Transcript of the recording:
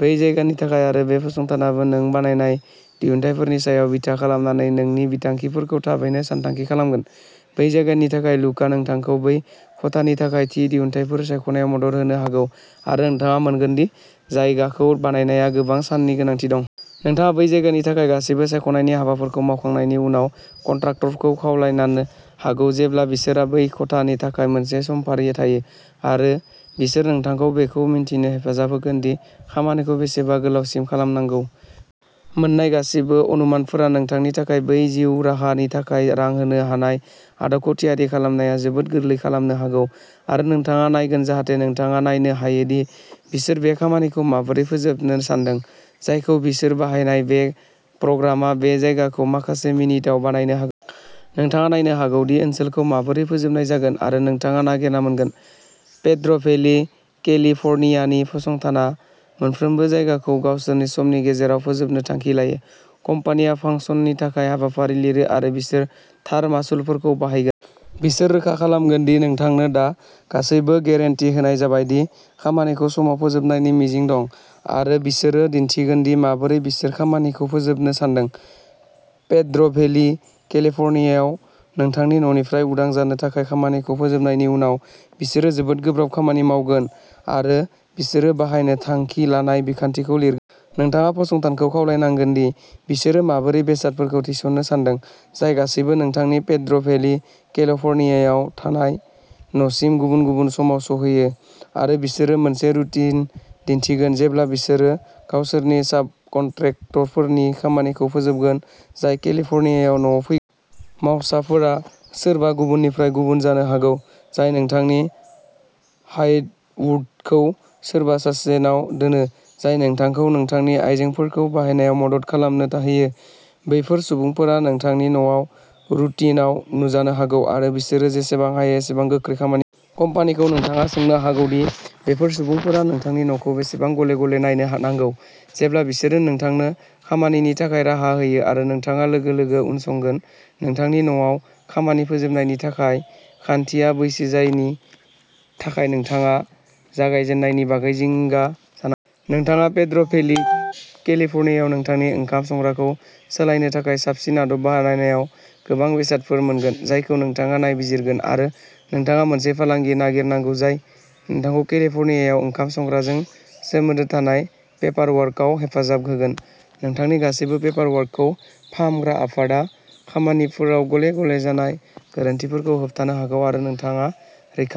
बै जायगानि थाखाय, आरो बे फसंथानाबो नों बायनाय दिहुनथायफोरनि सायाव बिथा खालामनानै नोंनि बिथांखिफोरखौ थाबैनो सानथांखि खालामगोन। बै जायगानि थाखाय लुकआ नोंथांखौ बै खथानि थाखाय थि दिहुनथायफोरजों सायख'नायाव मदद होनो हागौ, आरो नोंथाङा मोनगोन दि जायगाखौ बानायनाया गोबां साननायनि गोनांथि दं। नोंथाङा बै जायगानि थाखाय गासैबो सायख'नायनि हाबाफोरखौ मावखांनायनि उनाव कन्ट्राक्टरखौ खावलायनानो हागौ, जेब्ला बिसोरहा बै खथानि थाखाय मोनसे समफारि थायो, आरो बिसोर नोंथांखौ बेखौ मिन्थिनो हेफाजाब होगोन दि खामानिखौ बेसेबा गोलावसिम खालामनांगौ। मोन्नाय गासिबो अनुमानफोरा नोंथांनि थाखाय बै जिउ राहानि थाखाय रां होनो हानाय आदबखौ थियारि खालामनाया जोबोद गोरलै खालामनो हागौ, आरो नोंथाङा नायगोन जाहाथे नोंथाङा नायनो हायो दि बिसोर बे खामानिखौ माबोरै फोजोबनो सानदों, जायखौ बिसोर बाहायनाय बे प्रग्रामआ बे जायगाखौ माखासे मिनिटआव बानायनो हागौ। नोंथाङा नायनो हागौ दि ओनसोलखौ माबोरै फोजोबनाय जागोन, आरो नोंथाङा नागिरना मोनगोन। पेद्र'भेलि, केलिफर्नियानि फसंथाना मोनफ्रोमबो जायगाखौ गावसोरनि समनि गेजेराव फोजोबनो थांखि लायो। कम्पानिया फांसननि थाखाय हाबाफारि लिरो, आरो बिसोर थार मासुलफोरखौ बाहायगोन। बिसोरो रोखा खालामगोन दि नोंथांनो दा गासैबो गेरेन्टि होनाय जाबाय दि खामानिखौ समाव फोजोबनायनि मिजिं दं, आरो बिसोरो दिन्थिगोन दि माबोरै बिसोर खामानिखौ फोजोबनो सानदों। पेद्र'भेलि, केलिफर्नियायाव नोंथांनि न'निफ्राय उदां जानो थाखाय खामानिखौ फोजोबनायनि उनाव बिसोरो जोबोद गोब्राब खामानि मावगोन, आरो बिसोरो बाहायनो थांखि लानाय बिखान्थिखौ लिरगोन। नोंथाङा फसंथानखौ खावलायनांगोन दि बिसोरो माबोरै बेसादफोरखौ थिसननो सानदों, जाय गासिबो नोंथांनि पेद्र'भेलि, केलिफर्नियायाव थानाय न'सिम गुबुन-गुबुन समाव सौहैयो, आरो बिसोरो मोनसे रुटिन दिन्थिगोन जेब्ला बिसोरो गावसोरनि साबकन्ट्रेक्टरफोरनि खामानिखौ फोजोबगोन, जाय केलिफर्नियायाव न'आव फै। मावसाफोरा सोरबा गुबुननिफ्राय गुबुन जानो हागौ। जाय नोंथांनि हाइवुडखौ सोरबा सासेनाव दोनो जाय नोंथांखौ नोंथांनि आयजेंफोरखौ बाहायनायाव मदद खालामनो थाहोयो। बैफोर सुबुंफोरा नोंथांनि न'आव रुटिनआव नुजानो हागौ, आरो बिसोरो जेसेबां हायो एसेबां गोख्रै खामानि। कम्पानिखौ नोंथाङा सोंनो हागौ दि बेफोर सुबुंफोरा नोंथांनि न'खौ बेसेबां गले-गले नायनोहा नांगौ, जेब्ला बिसोरो नोंथांनो खामानिनि थाखाय राहा होयो आरो नोंथाङा लोगो-लोगो उनसंगोन। नोंथांनि न'आव खामानि फोजोबनायनि थाखाय खान्थिया बैसो जायैनि थाखाय नोंथाङा जागायजेन्नायनि बागै जिंगा जानांगौ। नोंथाङा पेद्र'भेलि, केलिफर्नियायाव नोंथांनि ओंखाम संग्राखौ सोलायनो थाखाय साबसिन आदब बानायनायाव गोबां बेसादफोर मोनगोन जायखौ नोंथाङा नायबिजिरगोन, आरो नोंथाङा मोनसे फालांगि नागिरनांगौ जाय नोंथांखौ केलिफर्नियायाव ओंखाम संग्राजों सोमोन्दो थानाय पेपारवर्कआव हेफाजाब होगोन। नोंथांनि गासिबो पेपारवर्कखौ फाहामग्रा आफादआ खामानिफोराव गले-गले जानाय गोरोन्थिफोरखौ होबथानो हागौ, आरो नोंथाङा रैखा।